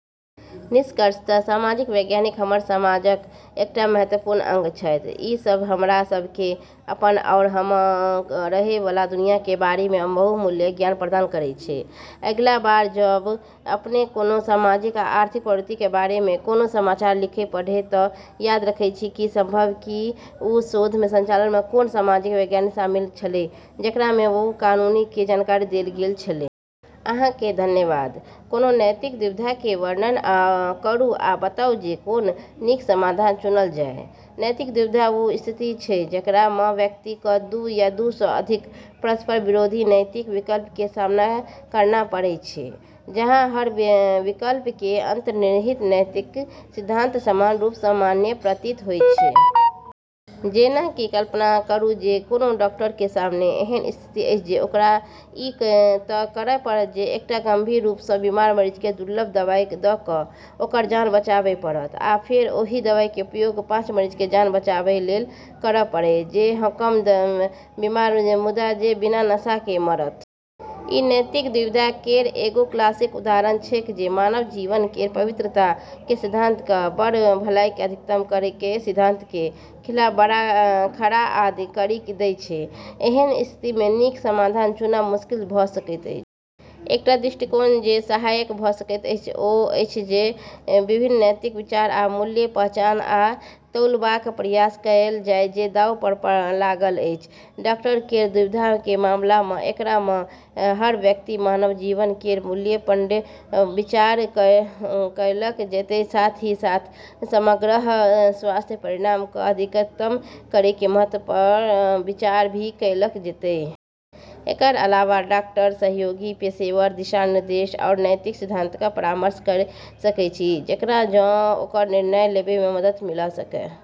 निष्कर्षतः सामाजिक वैज्ञानिक हमर समाजक एकटा महत्वपूर्ण अंग छथि। ई सब हमरा सब क॑ अपनऽ आरू हम्मं॑ रहै वाला दुनिया के बारे म॑ बहुमूल्य ज्ञान प्रदान करै छै। अगिला बार जब॑ आपने कोनो सामाजिक या आर्थिक प्रवृत्ति के बारे म॑ कोनो समाचार लेख पढ़बै त॑ याद रखै कि संभव छै कि वू शोध के संचालन म॑ कोनो सामाजिक वैज्ञानिक शामिल छेलै जेकरा स॑ वू कहानी के जानकारी देलऽ गेलऽ छेलै। अहां कें धन्यवाद. कोनो नैतिक दुविधा के वर्णन करू आ बताउ जे कोना नीक समाधान चुनल जाय। नैतिक दुविधा वू स्थिति छै, जेकरा म॑ व्यक्ति क॑ दू या दू स॑ अधिक परस्पर विरोधी नैतिक विकल्प के सामना करना पड़ै छै, जहाँ हर विकल्प के अंतर्निहित नैतिक सिद्धांत समान रूप स॑ मान्य प्रतीत होय छै। जेना कि कल्पना करू जे कोनो डॉक्टर के सामने एहन स्थिति अछि जे ओकरा ई तय करय पड़त जे एकटा गंभीर रूप सं बीमार मरीज के दुर्लभ दवाई द क ओकर जान बचाबय पड़त, या फेर ओहि दवाई के उपयोग पांच मरीज के जान बचाबय लेल करय पड़त जे कम बीमार मुदा जे बिना नशा के मरत। ई नैतिक दुविधा केरऽ एगो क्लासिक उदाहरण छेकै जे मानव जीवन केरऽ पवित्रता के सिद्धांत क॑ बड़ऽ भलाई के अधिकतम करै के सिद्धांत के खिलाफ खड़ा करी दै छै। एहन स्थिति मे नीक समाधान चुनब मुश्किल भ सकैत अछि। एकटा दृष्टिकोण जे सहायक भ सकैत अछि ओ अछि जे विभिन्न नैतिक विचार आ मूल्यक पहचान आ तौलबाक प्रयास कयल जाय जे दांव पर लागल अछि। डॉक्टर केरऽ दुविधा के मामला म॑ एकरा म॑ हर व्यक्तिगत मानव जीवन केरऽ मूल्य प॑ विचार करलऽ जैतै, साथ ही साथ समग्र स्वास्थ्य परिणाम क॑ अधिकतम करै के महत्व प॑ भी विचार करलऽ जैतै। एकरऽ अलावा, डॉक्टर सहयोगी, पेशेवर दिशा-निर्देश, आरू नैतिक सिद्धांतऽ स॑ परामर्श करी सकै छै जेकरा स॑ ओकरऽ निर्णय लेबै म॑ मदद मिल॑ सक॑।